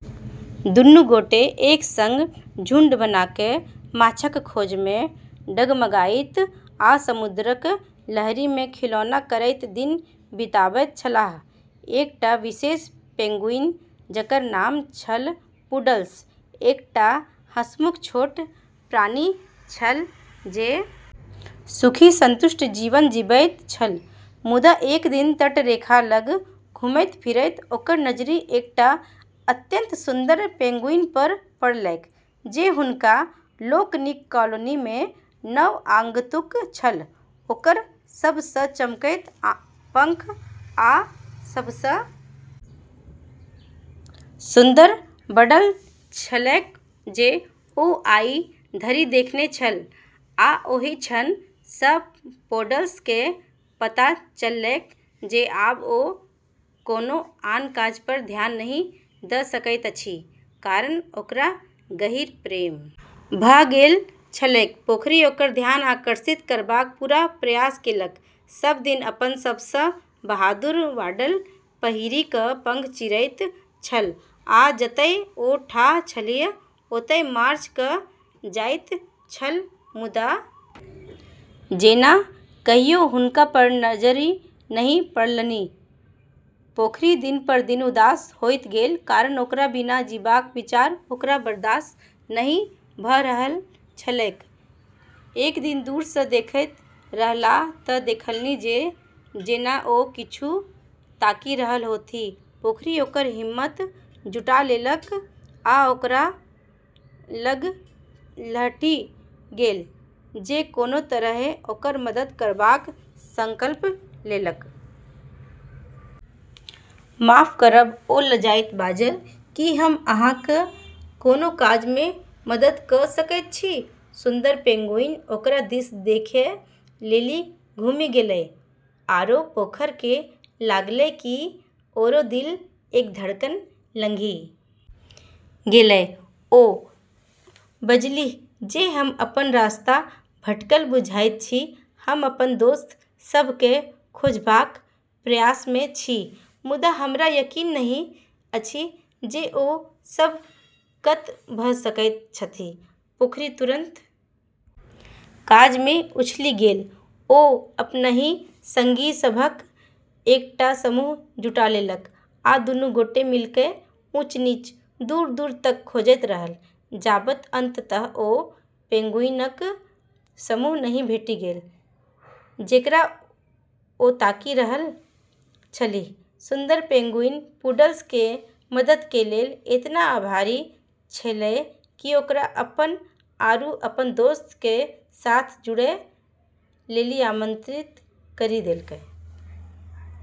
दुनू गोटे एक संग झुंड बना क माछक खोज मे डगमगाइत आ समुद्रक लहरि मे खिलौना करैत दिन बिताबैत छलाह, एकटा विशेष पेंगुइन जकर नाम छल पुडल्स, एकटा हंसमुख छोट प्राणी छल जे सुखी, संतुष्ट जीवन जीबैत छल मुदा एक दिन तटरेखा लग घुमैत-फिरैत ओकर नजरि एकटा अत्यंत सुन्दर पेंगुइन पर पड़लैक जे हुनका लोकनिक कॉलोनी मे नव आगंतुक छल ओकर सबसँ चमकैत पंख आ सभसँ सुन्दर वडल छलैक जे ओ आइ धरि देखने छल आ ओहि क्षण सँ पोडल्स केँ पता चललैक जे आब ओ कोनो आन काज पर ध्यान नहि द सकैत अछि कारण ओकरा गहींर प्रेम भ गेल छलैक, पोखरि ओकर ध्यान आकर्षित करबाक पूरा प्रयास केलक, सब दिन अपन सबसँ बहादुर वाडल पहिरि क पंख चीरैत छल आ जतय ओ ठाढ़ छलीह ओतय मार्च क जाइत छल मुदा जेना कहियो हुनका पर नजरि नहि पड़लनि, पोखरि दिन पर दिन उदास होइत गेल, कारण ओकरा बिना जीबाक विचार ओकरा बर्दाश्त नहि भ रहल छलैक, एक दिन दूर सँ देखैत रहलाह तऽ देखलनि जे जेना ओ किछु ताकि रहल होथि, पोखरि ओकर हिम्मत जुटा लेलक आ ओकरा लग लहटि गेल जे कोनो तरहेँ ओकर मदद करबाक संकल्प लेलक। माफ करब ओ लजाइत बाजल, की हम अहाँक कोनो काज मे मदद क सकैत छी? सुन्दर पेंगुइन ओकरा दिस देखै लेली घुमी गेलै आरो पोखर के लागलै कि ओकरो दिल एक धड़कन लंघी गेलै ओ बजलीह जे हम अपन रास्ता भटकल बुझाइत छी, हम अपन दोस्त सभ केँ खोजबाक प्रयास मे छी मुदा हमरा यकीन नहि अछि जे ओ सभ कत भ सकैत छथि, पोखरि तुरन्त काज मे उछलि गेल ओ अपनहि संगी सभक एकटा समूह जुटा लेलक आ दुनू गोटे मिलिकय ऊँच-नीच, दूर-दूर तक खोजैत रहल, जाबत अंततः ओ पेंगुइनक समूह नहि भेटि गेल जेकरा ओ ताकि रहल छलीह, सुन्दर पेंगुइन पुडल्स के मदद के लेलऽ एतना आभारी छेलै कि ओकरा अपनऽ आरू अपनऽ दोस्तऽ के साथ जुड़ै लेली आमंत्रित करी देलकै।